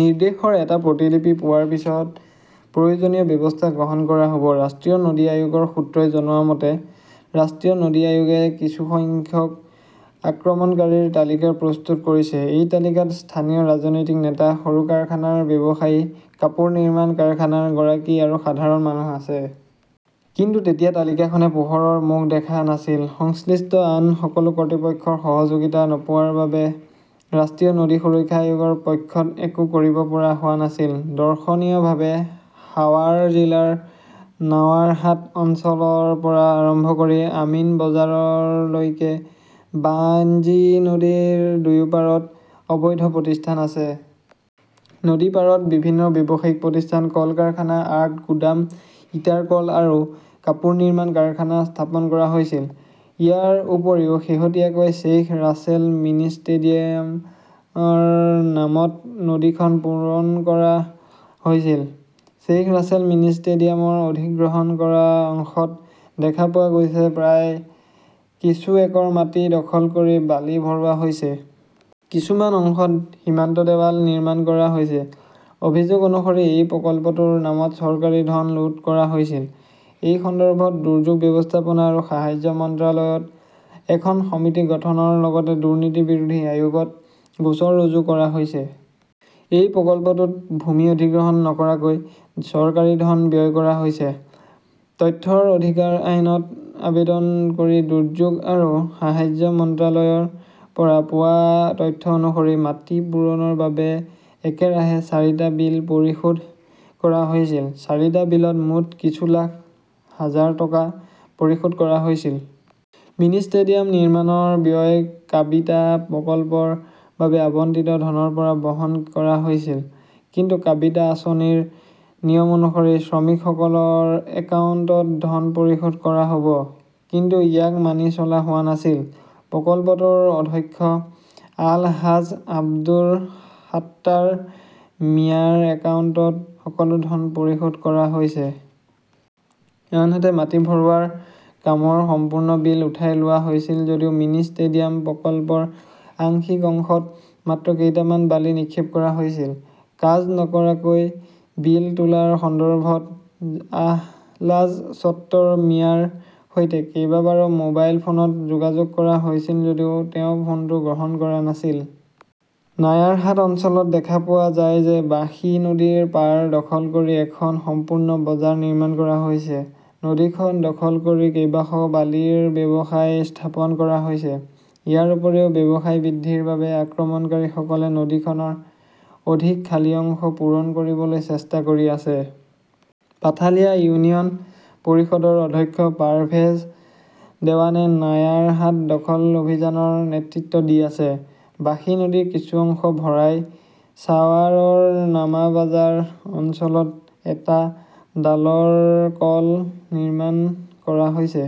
নিৰ্দেশৰ এটা প্ৰতিলিপি পোৱাৰ পিছত প্ৰয়োজনীয় ব্যৱস্থা গ্ৰহণ কৰা হ'ব। ৰাষ্ট্ৰীয় নদী আয়োগৰ সূত্ৰই জনোৱা মতে, ৰাষ্ট্ৰীয় নদী আয়োগে কিছু সংখ্যাক আক্ৰমণকাৰীৰ তালিকা প্ৰস্তুত কৰিছিল। এই তালিকাত স্থানীয় ৰাজনৈতিক নেতা, সৰু কাৰখানাৰ ব্যৱসায়ী, কাপোৰ নিৰ্মাণ কাৰখানাৰ গৰাকী আৰু সাধাৰণ মানুহ আছে। কিন্তু তেতিয়া তালিকাখনে পোহৰৰ মুখ দেখা নাছিল। সংশ্লিষ্ট আন সকলো কৰ্তৃপক্ষৰ সহযোগিতা নোপোৱাৰ বাবে ৰাষ্ট্ৰীয় নদী সুৰক্ষা আয়োগৰ পক্ষত একো কৰিব পৰা হোৱা নাছিল। দৰ্শনীয়ভাৱে, সাৱাৰ জিলাৰ নাৱাৰহাট অঞ্চলৰ পৰা আৰম্ভ কৰি আমিনবজাৰৰলৈকে বাঞ্জী নদীৰ দুয়োপাৰত অবৈধ প্ৰতিষ্ঠান আছে। নদীৰপাৰত বিভিন্ন ব্যৱসায়িক প্ৰতিষ্ঠান, কল-কাৰখানা, আৰ্ট, গুদাম, ইটাৰ কল আৰু কাপোৰ নিৰ্মাণ কাৰখানা স্থাপন কৰা হৈছিল। ইয়াৰ উপৰিও শেহতীয়াকৈ 'শ্বেইখ ৰাছেল মিনি ষ্টেডিয়াম "ৰ নামত নদীখন পূৰণ কৰা হৈছিল। শ্বেইখ ৰাছেল মিনি ষ্টেডিয়ামৰ অধিগ্ৰহণ কৰা অংশত দেখা পোৱা গৈছে প্ৰায় কিছু একৰ মাটি দখল কৰি বালি ভৰোৱা হৈছে। কিছুমান অংশত সীমান্ত দেৱাল নিৰ্মাণ কৰা হৈছে। অভিযোগ অনুসৰি, এই প্ৰকল্পটোৰ নামত চৰকাৰী ধন লুট কৰা হৈছিল। এই সন্দৰ্ভত দুৰ্যোগ ব্যৱস্থাপনা আৰু সাহায্য মন্ত্ৰালয়ত এখন সমিতি গঠনৰ লগতে দুৰ্নীতি বিৰোধী আয়োগত গোচৰ ৰুজু কৰা হৈছে। এই প্ৰকল্পটোত ভূমি অধিগ্ৰহণ নকৰাকৈ চৰকাৰী ধন ব্যয় কৰা হৈছে। তথ্যৰ অধিকাৰ আইনত আবেদন কৰি দুৰ্যোগ আৰু সাহায্য মন্ত্ৰালয়ৰ পৰা পোৱা তথ্য অনুসৰি মাটি পূৰণৰ বাবে একেৰাহে চাৰিটা বিল পৰিশোধ কৰা হৈছিল। চাৰিটা বিলত মুঠ কিছু লাখ হাজাৰ টকা পৰিশোধ কৰা হৈছিল। মিনি ষ্টেডিয়াম নিৰ্মাণৰ ব্যয় কাবিটা প্ৰকল্পৰ বাবে আবণ্টিত ধনৰ পৰা বহন কৰা হৈছিল। কিন্তু কাবিটা আঁচনিৰ নিয়ম অনুসৰি শ্ৰমিকসকলৰ একাউণ্টত ধন পৰিশোধ কৰা হ'ব। কিন্তু ইয়াক মানি চলা হোৱা নাছিল। প্ৰকল্পটোৰ অধ্যক্ষ আল-হাজ আব্দুৰ সাত্তাৰ মিয়াৰ একাউণ্টত সকলো ধন পৰিশোধ কৰা হৈছে। আনহাতে, মাটি ভৰোৱাৰ কামৰ সম্পূৰ্ণ বিল উঠাই লোৱা হৈছিল যদিও মিনি ষ্টেডিয়াম প্ৰকল্পৰ আংশিক অংশত মাত্ৰ কেইটামান বালি নিক্ষেপ কৰা হৈছিল। কাজ নকৰাকৈ বিল তোলাৰ সন্দৰ্ভত আহলাজ ছত্তৰ মিয়াৰ সৈতে কেইবাবাৰো মোবাইল ফোনত যোগাযোগ কৰা হৈছিল যদিও তেওঁ ফোনটো গ্ৰহণ কৰা নাছিল। নায়াৰহাট অঞ্চলত দেখা পোৱা যায় যে বাঁশী নদীৰ পাৰ দখল কৰি এখন সম্পূৰ্ণ বজাৰ নিৰ্মাণ কৰা হৈছে। নদীখন দখল কৰি কেইবাশ বালিৰ ব্যৱসায় স্থাপন কৰা হৈছে। ইয়াৰ উপৰিও, ব্যৱসায় বৃদ্ধিৰ বাবে আক্ৰমণকাৰীসকলে নদীখনৰ অধিক খালী অংশ পূৰণ কৰিবলৈ চেষ্টা কৰি আছে। পাথালিয়া ইউনিয়ন পৰিষদৰ অধ্যক্ষ পাৰভেজ দেৱানে নায়াৰহাট দখল অভিযানৰ নেতৃত্ব দি আছে। বাঁশী নদীৰ কিছু অংশ ভৰাই ছাৱাৰৰ নামাবাজাৰ অঞ্চলত এটা ডালৰ কল নিৰ্মাণ কৰা হৈছে।